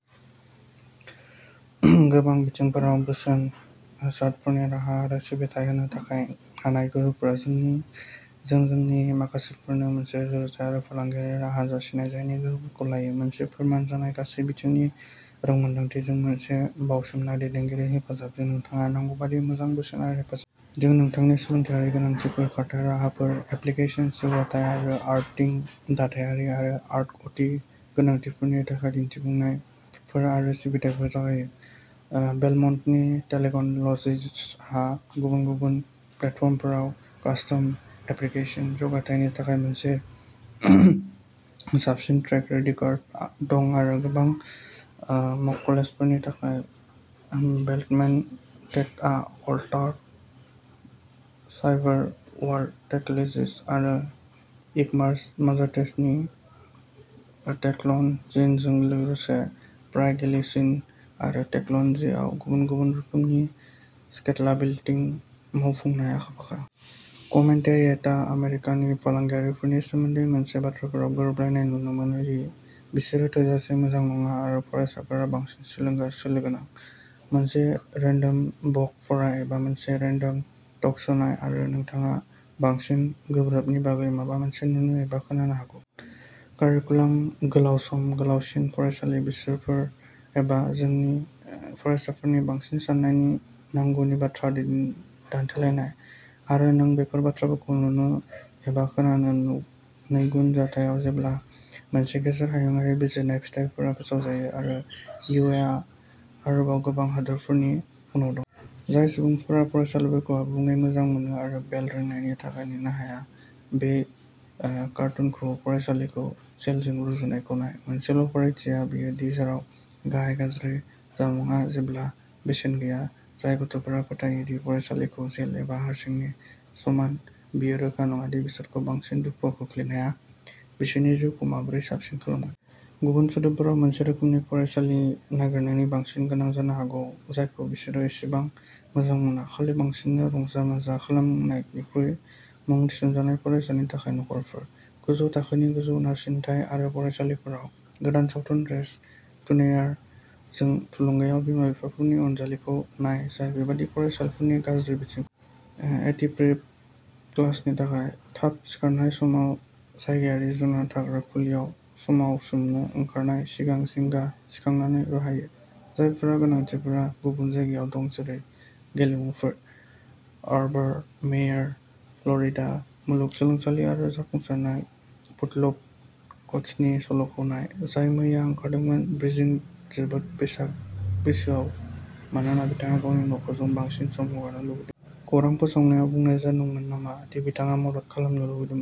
गोबां बिथिंफोराव बोसोन, सफ्टवेयार राहा आरो सिबिथायफोर होनो हानाय गोहोफोर। जों जोंनि मक्केलफोरनो मोनसे रुजुजायै फालांगियारि राहा जासियो जाय जोंनि गोहोफोरखौ लायो। मोनसे फोरमान जानाय गासै बिथिं रोंमोन्दांथिजों मोनसे बाउसोमनाय दैदेननायनि हेफाजाबजों, नोंथाङा नांगौ बायदि मोजां बोसोन आरो हेफाजाब मोनो। जों नोंथांनि सोलोंनायनि गोनांथिफोर, खारथाइ राहाफोर, एप्लिकेसन जौगाथाय आरो आईटी दाथायारि आरो आईअ'टी गोनांथिफोरनि थाखाय दिहुनथायफोर आरो सिबिथाइफोर जगायो। बेलमन्ट टेक्न'ल'जिजहा गुबुन-गुबुन प्लेटफर्मफोराव कास्टम एप्लिकेशन जौगाथायनि थाखाय मोनसे साबसिन ट्रेक रेकर्ड दं आरो गोबां मक्केलफोरनि थाखाय बेलमन्ट टेकआ क्लायन्ट सार्भार, वेब टेक्न'ल'जिज आरो इकमार्स मावजानाय टेक्न'ल'जिजजों लोगोसे प्राय गासिबो टेक्न'ल'जिजआव गुबुन-गुबुन रोखोमनि स्केलाबिलिटि मावफुंनायाव आखा-फाखा। कमेन्टेरियेटआ आमेरिकानि फरायसालिफोरनि सोमोन्दै मोननै बाथ्राफोराव गोरोबलायनाय नुनो मोनो दि बिसोरो थोजासे मोजां नङा आरो फरायसाफोरा बांसिन सोलोंनांगौ। मोनसे रेन्डम ब्लग फराय एबा मोनसे रेन्डम टक श'नाय आरो नोंथाङा बांसिन गोब्राबनि बागै माबा मोनसे नुनो एबा खोनानो हागौ। कारिकुलाम, गोलाव सम, गोलावसिन फरायसालि बोसोरफोर एबा जोंनि फरायसाफोरखौ बांसिन नारसिन्नाय नांगौनि बाथ्रा दान्थेलायनाय। आरो नों बेफोर बाथ्राफोरखौ नुनो एबा खोनानो नैगुन जाथावना जेब्ला मोनसे गेजेर हायुंआरि बिजिरनायनि फिथायफोरा फोसावजायो आरो इउ एस आ आरोबाव गोबां हादोरफोरनि उनाव दं। जाय सुबुंफोरा फरायसालिखौ आबुङै मोजां मोना आरो बेल रिंनायनि थाखाय नेनो हाया। बे कार्टुनखौ फरायसालिखौ जेलजों रुजुनायखौ नाय मोनसेल' फारागथिआ बेनो दि जेलाव होनाय गाज्रि जामुंआ जेब्लाबो बेसेन गैयै। जाय गथ'फोरा फोथायो दि फरायसालिखौ जेल एबा हिंसानि समान, बेयो रोखा नङा दि बिसोरखौ बांसिन दुखुआव खोख्लैनाया बिसोरनि जिउखौ माबोरै साबसिन खालामगोन। गुबुन सोदोबफोराव मोनसे रोखोमनि फरायसालि नागिरनाया बांसिन गोनां जानो हागौ जायखौ बिसोरो एसेसो मोजां मोना खालि बांसिन रां जमा खालामनायनिखुरै। मुं थिसनजानाय फरायसाफोर थानाय नखरफोर। गोजौ थाखोनि, गोजौ नारसिनथाय गोनां फरायसालिफोराव। गोदान सावथुन रेस टु न'वेयार जों थुलुंगानाय बिमा-बिफाफोरनि अनजिमाखौ नाय, जाय बेबादि फरायसालिफोरनि गाज्रि बिथिंखौ लिरो। ए टि प्रिप क्लासनि थाखाय थाब सिखारनाय समाव जायगायारि जुनार थाग्रा खुलियाव मावसोमनो ओंखारनायनि सिगां जिंगा सिखांनायखौ बांहोयो। जायफोरनि गोनांथिफोरा गुबुन जायगायाव दं जेरै गेलेमुफोर। अरबान मेयेर, फ्ल'रिडा मुलुगसोलोंसालिनि जोबोद जाफुंसार फुटबल कचनि सल'खौ नाय, जाय मैया ओंखारदोंमोन ब्रैजिद' बोसोर बैसोआव मानोना बिथाङा गावनि नखरजों बांसिन सम हगारनो लुबैदोंमोन। खौरां फोसावनायाव बुंनाय जादोंमोन नामा दि बिथाङा मदद खालामनो लुबैदोंमोन।